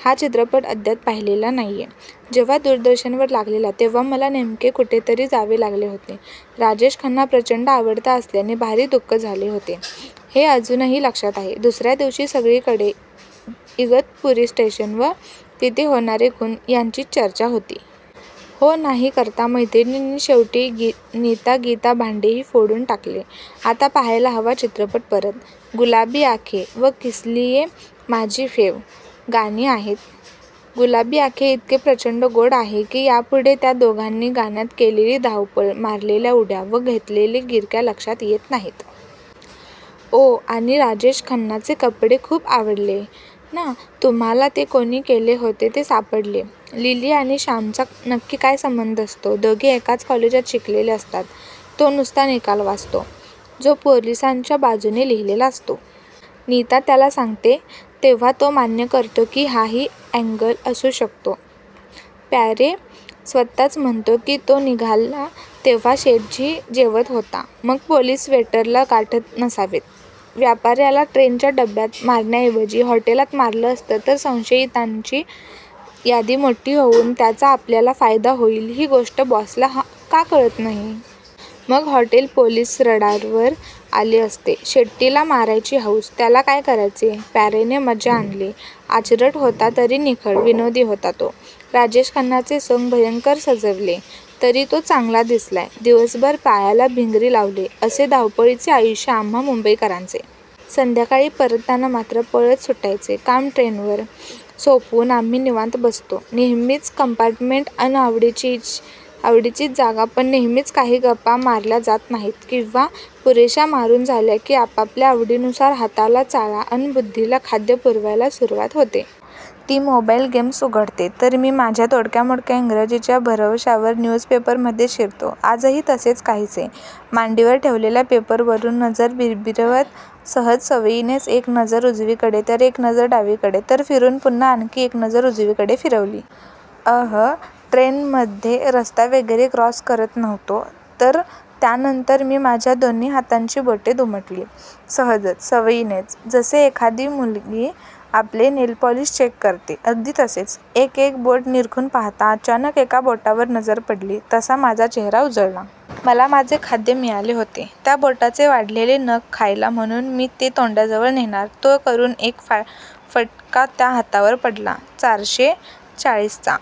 हा चित्रपट अद्याप पाहिलेला नाहीय. जेव्हा दुदवर लागलेला तेव्हा मला नेमके कुठेतरी जावे लागले होते. राजेश खन्ना प्रचंड आवडता असल्याने भारी दुःख झाले होते हे अजूनही लक्षात आहे. दुसऱ्या दिवशी सगकीकडे इगतपुरी स्टेशन व तिथे होणारे खून यांचीच चर्चा होती. हो नाही करता मैत्रिणींनी शेवटी नीता गीता भांडेही फोडून टाकले. आता पाहायला हवा चित्रपट परत. गुलाबी अँखे व किसलीये माझी फेव गाणी आहेत. गुलाबी आंखे इतके प्रचंड गोड आहे की त्यापुढे त्या दोघांनी गाण्यात केलेली धावपळ, मारलेल्या उड्या व घेतलेल्या गिरक्या लक्षात येत नाहीत. ओ आणि राजेश खन्नाचे कपडे खुप आवडले ना तुम्हाला ते कोणी केले होते ते सापडले -लिली आणि श्यामचा नक्की काय संबंध असतो? "दोघे एकाच कॉलेजात शिकलेले असतात. तो नुसता निकाल वाचतो, जो पोलिसांच्या बाजूने लिहिलेला असतो. नीता त्याला सांगते तेव्हा तो मान्य करतो की हाही अँगल असु शकतो. प्यारे स्वतःच म्हणतो की तो निघाला तेव्हा शेटजी जेवत होता. मग पोलीस वेटरला गाठत नसावेत. व्यापार्याला ट्रेनच्या डब्यात मारण्याऐवजी हॉटेलात मारलं असतं तर संशयितांची यादी मोठी होऊन त्याचा आपल्याला फायदा होईल ही गोष्ट बॉसला का कळत नाही? मग हॉटेल पोलीस रडारवर आले असते. शेट्टी ला मारायची हौस, त्याला काय करायचे. प्यारेने मजा आणली. आचरट होता तरी निखळ विनोदी होता तो. राजेश खन्नाचे सोंग भयंकर सजवलेय. तरी तो चांगला दिसलाय. दिवसभर पायाला भिंगरी लावलीय, असे धावपळीचे आयुष्य आम्हा मुंबईकरांचे. संध्याकाळी परतताना मात्र पळत सुटायचे काम ट्रेनवर सोपवून आम्ही निवांत बसतो.. नेहमीचेच कंपार्टमेंट, अन आवडीचीच जागा, पण नेहमीच काही गप्पा मारल्या जात नाहीत किंवा पुरेश्या मारून झाल्या की आपापल्या आवडीनुसार हाताला चाळा अन बुद्धीला खाद्य पुरवायला सुरुवात होते. ती मोबाईल गेम्स उघडते, तर मी माझ्या तोडक्यामोडक्या ईंग्रजीच्या भरवश्यावर न्यूजपेपरमध्ये शिरतो. आजही तसेच काहीसे.. मांडीवर ठेवलेल्या पेपर वरून नजर भिरभिरवत सहज सवयीनेच एक नजर उजवीकडे तर एक नजर डावीकडे.. तर फिरून पुन्हा आणखी एक नजर उजवीकडे फिरवली.. अंह, ट्रेनमध्ये रस्ता वगैरे क्रॉस करत नव्हतो.. तर, त्यानंतर मी माझ्या दोन्ही हातांची बोटे दुमडली.. सहजच.. सवयीनेच.. जसे एखादी मुलगी आपले नेलपॉलिश चेक करते, अगदी तसेच.. एक एक बोट निरखून पाहता अचानक एका बोटावर नजर पडली तसा माझा चेहरा उजळला. मला माझे खाद्य मिळाले होते. त्या बोटाचे वाढलेले नख खायला म्हणून मी ते तोंडाजवळ नेणार, तो करून एक फटका त्या हातावर पडला.. चारशे चाळीसचा